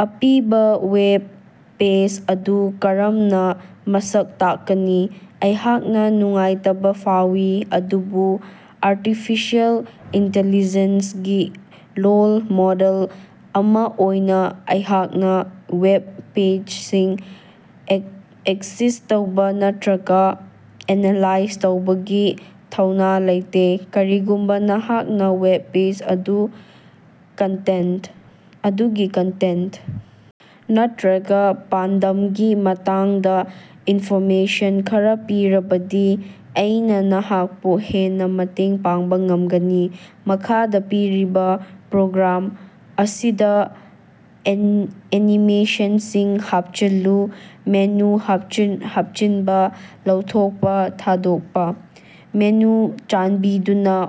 ꯑꯄꯤꯕ web page ꯑꯗꯨ ꯀꯔꯝꯅ ꯃꯁꯛ ꯇꯥꯛꯀꯅꯤ? ꯑꯩꯍꯥꯛꯅ ꯅꯨꯡꯉꯥꯏꯇꯕ ꯐꯥꯎꯏ, ꯑꯗꯨꯕꯨ ꯑꯥꯔꯇꯤꯐꯤꯁꯤꯑꯦꯜ ꯏꯟꯇꯦꯂꯤꯖꯦꯟꯁꯒꯤ ꯂꯣꯜ ꯃꯣꯗꯦꯜ ꯑꯃ ꯑꯣꯏꯅ ꯑꯩꯍꯥꯛꯅ ꯋꯦꯕ ꯄꯦꯖꯁꯤꯡ ꯑꯦꯛꯁꯦꯁ ꯇꯧꯕ ꯅꯠꯇ꯭ꯔꯒ ꯑꯦꯅꯥꯂꯥꯏꯖ ꯇꯧꯕꯒꯤ ꯊꯧꯅꯥ ꯂꯩꯇꯦ꯫ ꯀꯔꯤꯒꯨꯝꯕ ꯅꯍꯥꯛꯅ ꯋꯦꯕ ꯄꯦꯖ ꯑꯗꯨ ꯀꯟꯇꯦꯟꯠ ꯑꯗꯨꯒꯤ ꯀꯟꯇꯦꯟꯇ ꯅꯠꯇ꯭ꯔꯒ ꯄꯥꯟꯗꯝꯒꯤ ꯃꯇꯥꯡꯗ ꯏꯟꯐꯣꯔꯃꯦꯁꯟ ꯈꯔ ꯄꯤꯔꯕꯗꯤ ꯑꯩꯅ ꯅꯍꯥꯛꯄꯨ ꯍꯦꯟꯅ ꯃꯇꯦꯡ ꯄꯥꯡꯕ ꯉꯝꯒꯅꯤ꯫ ꯃꯈꯥꯗ ꯄꯤꯔꯤꯕ ꯄ꯭ꯔꯣꯒ꯭ꯔꯥꯝ ꯑꯁꯤꯗ ꯑꯦꯅꯤꯃꯦꯁꯟꯁꯤꯡ ꯍꯥꯞꯆꯤꯜꯂꯨ꯫ ꯃꯦꯅꯨ ꯍꯥꯞꯆꯤꯟꯕ, ꯂꯧꯊꯣꯛꯄ, ꯊꯥꯗꯣꯛꯄ꯫ ꯃꯦꯅꯨ ꯆꯥꯟꯕꯤꯗꯨꯅ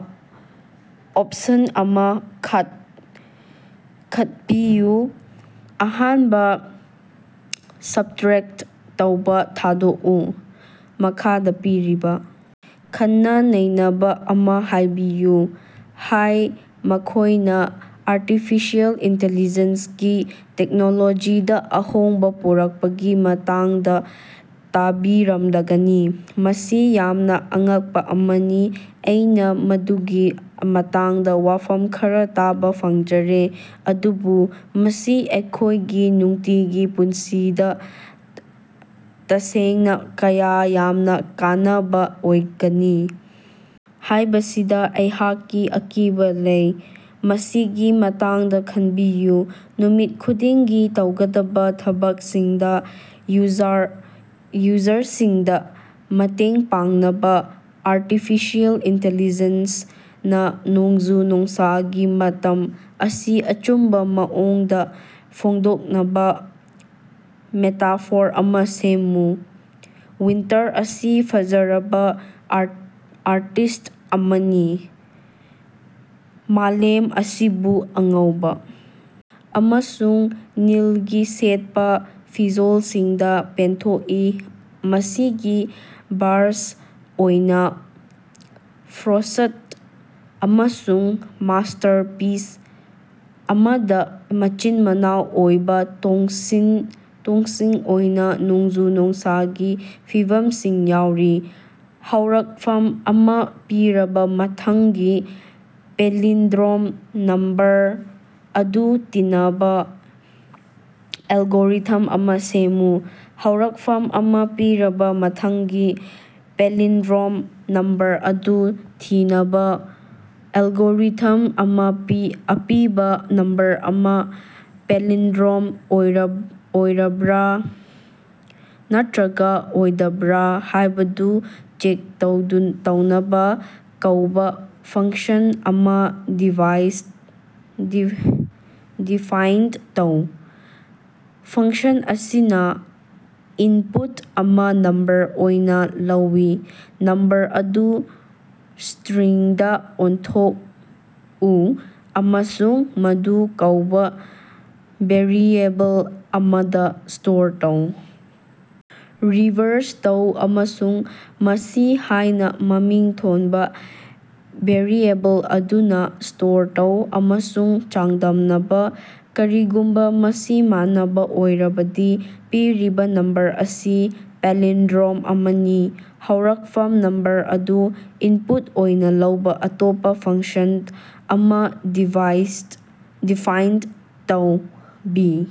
ꯑꯣꯞꯁꯟ ꯑꯃ ꯈꯠꯕꯤꯌꯨ ꯑꯍꯥꯟꯕ ꯁꯕꯇ꯭ꯔꯦꯛꯇ ꯇꯧꯕ ꯊꯥꯗꯣꯛꯎ꯫ ꯃꯈꯥꯗ ꯄꯤꯔꯤꯕ ꯈꯟꯅ-ꯅꯩꯅꯕ ꯑꯃ ꯍꯥꯏꯕꯤꯌꯨ꯫ ꯍꯥꯏ ꯃꯈꯣꯏꯅ ꯑꯥꯔꯇꯤꯐꯤꯁꯤꯑꯦꯜ ꯏꯟꯇꯦꯂꯤꯖꯦꯟꯁꯒꯤ ꯇꯦꯛꯅꯣꯂꯣꯖꯤꯗ ꯑꯍꯣꯡꯕ ꯄꯨꯔꯛꯄꯒꯤ ꯃꯇꯥꯡꯗ ꯇꯥꯕꯤꯔꯝꯂꯒꯅꯤ꯫ ꯃꯁꯤ ꯌꯥꯝꯅ ꯑꯉꯛꯄ ꯑꯃꯅꯤ꯫ ꯑꯩꯅ ꯃꯗꯨꯒꯤ ꯃꯇꯥꯡꯗ ꯋꯥꯐꯝ ꯈꯔ ꯇꯥꯕ ꯐꯪꯖꯔꯦ꯫ ꯑꯗꯨꯕꯨ ꯃꯁꯤ ꯑꯩꯈꯣꯏꯒꯤ ꯅꯨꯡꯇꯤꯒꯤ ꯄꯨꯟꯁꯤꯗ ꯇꯁꯦꯡꯅ ꯀꯌꯥ ꯌꯥꯝꯅ ꯀꯥꯟꯅꯕ ꯑꯣꯏꯒꯅꯤ ꯍꯥꯏꯕꯁꯤꯗ ꯑꯩꯍꯥꯛꯀꯤ ꯑꯀꯤꯕ ꯂꯩ꯫ ꯃꯁꯤꯒꯤ ꯃꯇꯥꯡꯗ ꯈꯟꯕꯤꯌꯨ꯫ ꯅꯨꯃꯤꯠ ꯈꯨꯗꯤꯡꯒꯤ ꯇꯧꯒꯗꯕ ꯊꯕꯛꯁꯤꯡꯗ ꯌꯨꯖꯔ ꯌꯨꯖꯔꯁꯤꯡꯗ ꯃꯇꯦꯡ ꯄꯥꯡꯅꯕ ꯑꯥꯔꯇꯤꯐꯤꯁꯤꯑꯦꯜ ꯏꯟꯇꯦꯂꯤꯖꯦꯟꯁꯅ ꯅꯣꯡꯖꯨ-ꯅꯨꯡꯁꯥꯒꯤ ꯃꯇꯝ ꯑꯁꯤ ꯑꯆꯨꯝꯕ ꯃꯑꯣꯡꯗ ꯐꯣꯡꯗꯣꯛꯅꯕ ꯃꯦꯇꯥꯐꯣꯔ ꯑꯃ ꯁꯦꯝꯃꯨ꯫ ꯋꯤꯟꯇꯔ ꯑꯁꯤ ꯐꯖꯔꯕ ꯑꯥꯔ ꯑꯥꯔꯇꯤꯁ꯭ꯠ ꯑꯃꯅꯤ꯫ ꯃꯥꯂꯦꯝ ꯑꯁꯤꯕꯨ ꯑꯉꯧꯕ ꯑꯃꯁꯨꯡ ꯅꯤꯜꯒꯤ ꯁꯦꯠꯄ ꯐꯤꯖꯣꯜꯁꯤꯡꯗ ꯄꯦꯟꯊꯣꯛꯏ, ꯃꯁꯤꯒꯤ ꯕ꯭ꯔꯥꯁ ꯑꯣꯏꯅ ꯐ꯭ꯔꯣꯁ꯭ꯠ ꯑꯃꯁꯨꯡ ꯃꯥꯁꯇꯔꯄꯤꯁ ꯑꯃꯗ ꯃꯆꯤꯟ-ꯃꯅꯥꯎ ꯑꯣꯏꯕ ꯊꯣꯡꯁꯤꯡ ꯑꯣꯏꯅ ꯅꯣꯡꯖꯨ-ꯅꯨꯡꯁꯥꯒꯤ ꯐꯤꯚꯝꯁꯤꯡ ꯌꯥꯎꯔꯤ꯫ ꯍꯧꯔꯛꯐꯝ ꯑꯃ ꯄꯤꯔꯕ ꯃꯊꯪꯒꯤ ꯄꯦꯂꯤꯟꯗ꯭ꯔꯣꯝ ꯅꯝꯕꯔ ꯑꯗꯨ ꯇꯤꯅꯕ ꯑꯦꯜꯒꯣꯔꯤꯊꯝ ꯑꯃ ꯁꯦꯝꯃꯨ꯫ ꯍꯧꯔꯛꯐꯝ ꯑꯃ ꯄꯤꯔꯕ ꯃꯊꯪꯒꯤ ꯄꯦꯂꯤꯟꯗ꯭ꯔꯣꯝ ꯅꯝꯕꯔ ꯑꯗꯨ ꯊꯤꯅꯕ ꯑꯦꯜꯒꯣꯔꯤꯊꯝ ꯑꯃ ꯑꯄꯤꯕ ꯅꯝꯕꯔ ꯑꯃ ꯄꯦꯂꯤꯟꯗ꯭ꯔꯣꯝ ꯑꯣꯏꯔꯕꯔ ꯅꯠꯇ꯭ꯔꯒ ꯑꯣꯏꯗꯕꯔ ꯍꯥꯏꯕꯗꯨ ꯆꯦꯛ ꯇꯧꯅꯕ ꯀꯧꯕ ꯐꯪꯁꯟ ꯑꯃ ꯗꯤꯐꯥꯏꯟ ꯇꯧ꯫ ꯐꯪꯁꯟ ꯑꯁꯤꯅ ꯏꯟꯄꯨꯠ ꯑꯃ ꯅꯝꯕꯔ ꯑꯣꯏꯅ ꯂꯧꯏ꯫ ꯅꯝꯕꯔ ꯑꯗꯨ ꯁ꯭ꯇꯔꯤꯡꯗ ꯑꯣꯟꯊꯣꯛꯎ ꯑꯃꯁꯨꯡ ꯃꯗꯨ ꯀꯧꯕ ꯚꯦꯔꯤꯑꯦꯕꯜ ꯑꯃꯗ ꯁ꯭ꯇꯣꯔ ꯇꯧ꯫. ꯔꯤꯚꯔꯁ ꯇꯧ ꯑꯃꯁꯨꯡ ꯃꯁꯤ ꯍꯥꯏꯅ ꯃꯃꯤꯡ ꯊꯣꯟꯕ ꯚꯦꯔꯤꯑꯦꯕꯜ ꯑꯗꯨꯗ꯭ꯅꯥ ꯁ꯭ꯇꯣꯔ ꯇꯧ ꯑꯃꯁꯨꯡ ꯆꯥꯡꯗꯝꯅꯕ, ꯀꯔꯤꯒꯨꯝꯕ ꯃꯁꯤ ꯃꯥꯟꯅꯕ ꯑꯣꯏꯔꯕꯗꯤ ꯄꯤꯔꯤꯕ ꯅꯝꯕꯔ ꯑꯁꯤ ꯄꯦꯂꯤꯟꯗ꯭ꯔꯣꯝ ꯑꯃꯅꯤ꯫ ꯍꯧꯔꯛꯐꯝ ꯅꯝꯕꯔ ꯑꯗꯨ ꯏꯟꯄꯨꯠ ꯑꯣꯏꯅ ꯂꯧꯕ ꯑꯇꯣꯞꯄ ꯐꯪꯁꯟ ꯑꯃ ꯗꯤꯚꯥꯏꯁ ꯗꯤꯐꯥꯏꯟ ꯇꯧ꯫ ꯕꯤ.